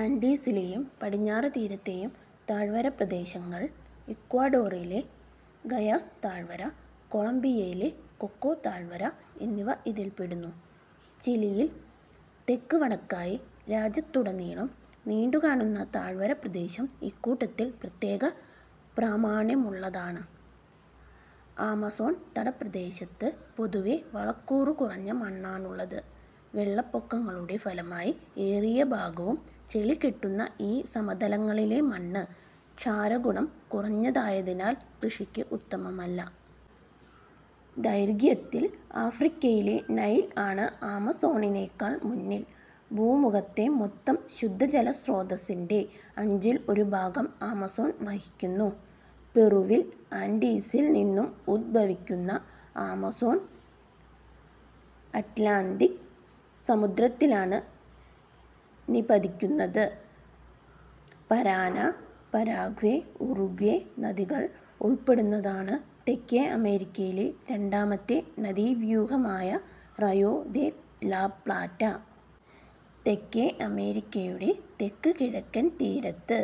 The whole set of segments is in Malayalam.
ആൻഡീസിലെയും പടിഞ്ഞാറ് തീരത്തെയും താഴ്വരപ്രദേശങ്ങൾ, ഇക്വഡോറിലെ ഗയാസ് താഴ്വര, കൊളംബിയയിലെ കൊക്കോ താഴ്വര എന്നിവ ഇതിൽപ്പെടുന്നു. ചിലിയിൽ തെക്ക് വടക്കായി രാജ്യത്തുടനീളം നീണ്ടുകാണുന്ന താഴ്വരപ്രദേശം ഇക്കൂട്ടത്തിൽ പ്രത്യേക പ്രാമാണ്യമുള്ളതാണ്. ആമസോൺ തടപ്രദേശത്ത് പൊതുവേ വളക്കൂറു കുറഞ്ഞ മണ്ണാണുള്ളത്. വെള്ളപ്പൊക്കങ്ങളുടെ ഫലമായി ഏറിയ ഭാഗവും ചെളികെട്ടുന്ന ഈ സമതലങ്ങളിലെ മണ്ണ് ക്ഷാരഗുണം കുറഞ്ഞതായതിനാൽ കൃഷിക്ക് ഉത്തമമല്ല. ദൈർഘ്യത്തിൽ ആഫ്രിക്കയിലെ നൈൽ ആണ് ആമസോണിനെക്കാൾ മുന്നിൽ. ഭൂമുഖത്തെ മൊത്തം ശുദ്ധജലസ്രോതസ്സിന്റെ അഞ്ചിൽ ഒരുഭാഗം ആമസോൺ വഹിക്കുന്നു. പെറുവിൽ ആൻഡീസിൽ നിന്നും ഉദ്ഭവിക്കുന്ന ആമസോൺ അത്ലാന്തിക് സമുദ്രത്തിലാണ് നിപതിക്കുന്നത്. പരാന, പരാഗ്വേ, ഉറുഗ്വേ നദികൾ ഉൾപ്പെടുന്നതാണ് തെക്കേ അമേരിക്കയിലെ രണ്ടാമത്തെ നദീവ്യൂഹമായ റയോ ദെ ലാപ്ലാറ്റ. തെക്കേ അമേരിക്കയുടെ തെക്ക് കിഴക്കൻ തീരത്ത്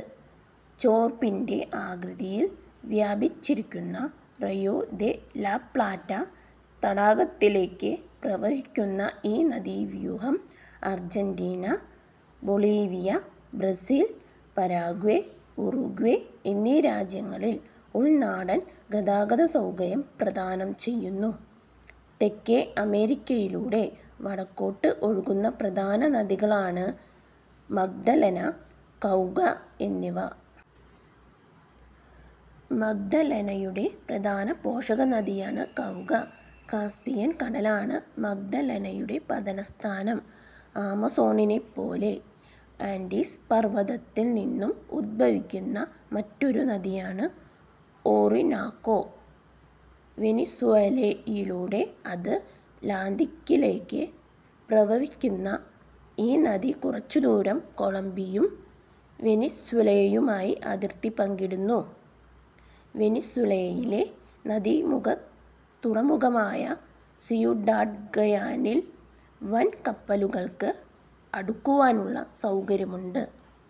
ചോർപ്പിന്റെ ആകൃതിയിൽ വ്യാപിച്ചിരിക്കുന്ന റെയോ ദെ ലാപ്ലാറ്റ തടാകത്തിലേക്ക് പ്രവഹിക്കുന്ന ഈ നദീവ്യൂഹം Argentina, Bolivia, Brazil, Paraguay, Uruguay എന്നീ രാജ്യങ്ങളിൽ ഉൾനാടൻ ഗതാഗത സൗകര്യം പ്രദാനം ചെയ്യുന്നു. തെക്കേ അമേരിക്കയിലൂടെ വടക്കോട്ട് ഒഴുകുന്ന പ്രധാന നദികളാണ് മഗ്ഡലെന, കൗക എന്നിവ. മഗ്ഡലെനയുടെ പ്രധാനപോഷക നദിയാണ് കൗക. കാസ്പിയൻ കടലാണ് മഗ്ഡലെനയുടെ പതനസ്ഥാനം. ആമസോണിനെപ്പോലെ ആൻഡീസ് പർവതത്തിൽ നിന്നും ഉദ്ഭവിക്കുന്ന മറ്റൊരു നദിയാണ് ഓറിനാക്കോ. വെനിസ്വേലയിലൂടെ അത് ലാന്തിക്കിലേക്ക് പ്രവഹിക്കുന്ന ഈ നദി കുറച്ചുദൂരം കൊളംബിയും വെനിസ്വേലയുമായി അതിർത്തി പങ്കിടുന്നു. വെനിസ്വേലയിലെ നദീമുഖതുറമുഖമായ സിയുഡാഡ്ഗയാനയിൽ വൻ കപ്പലുകൾക്ക് അടുക്കുവാനുള്ള സൗകര്യമുണ്ട്.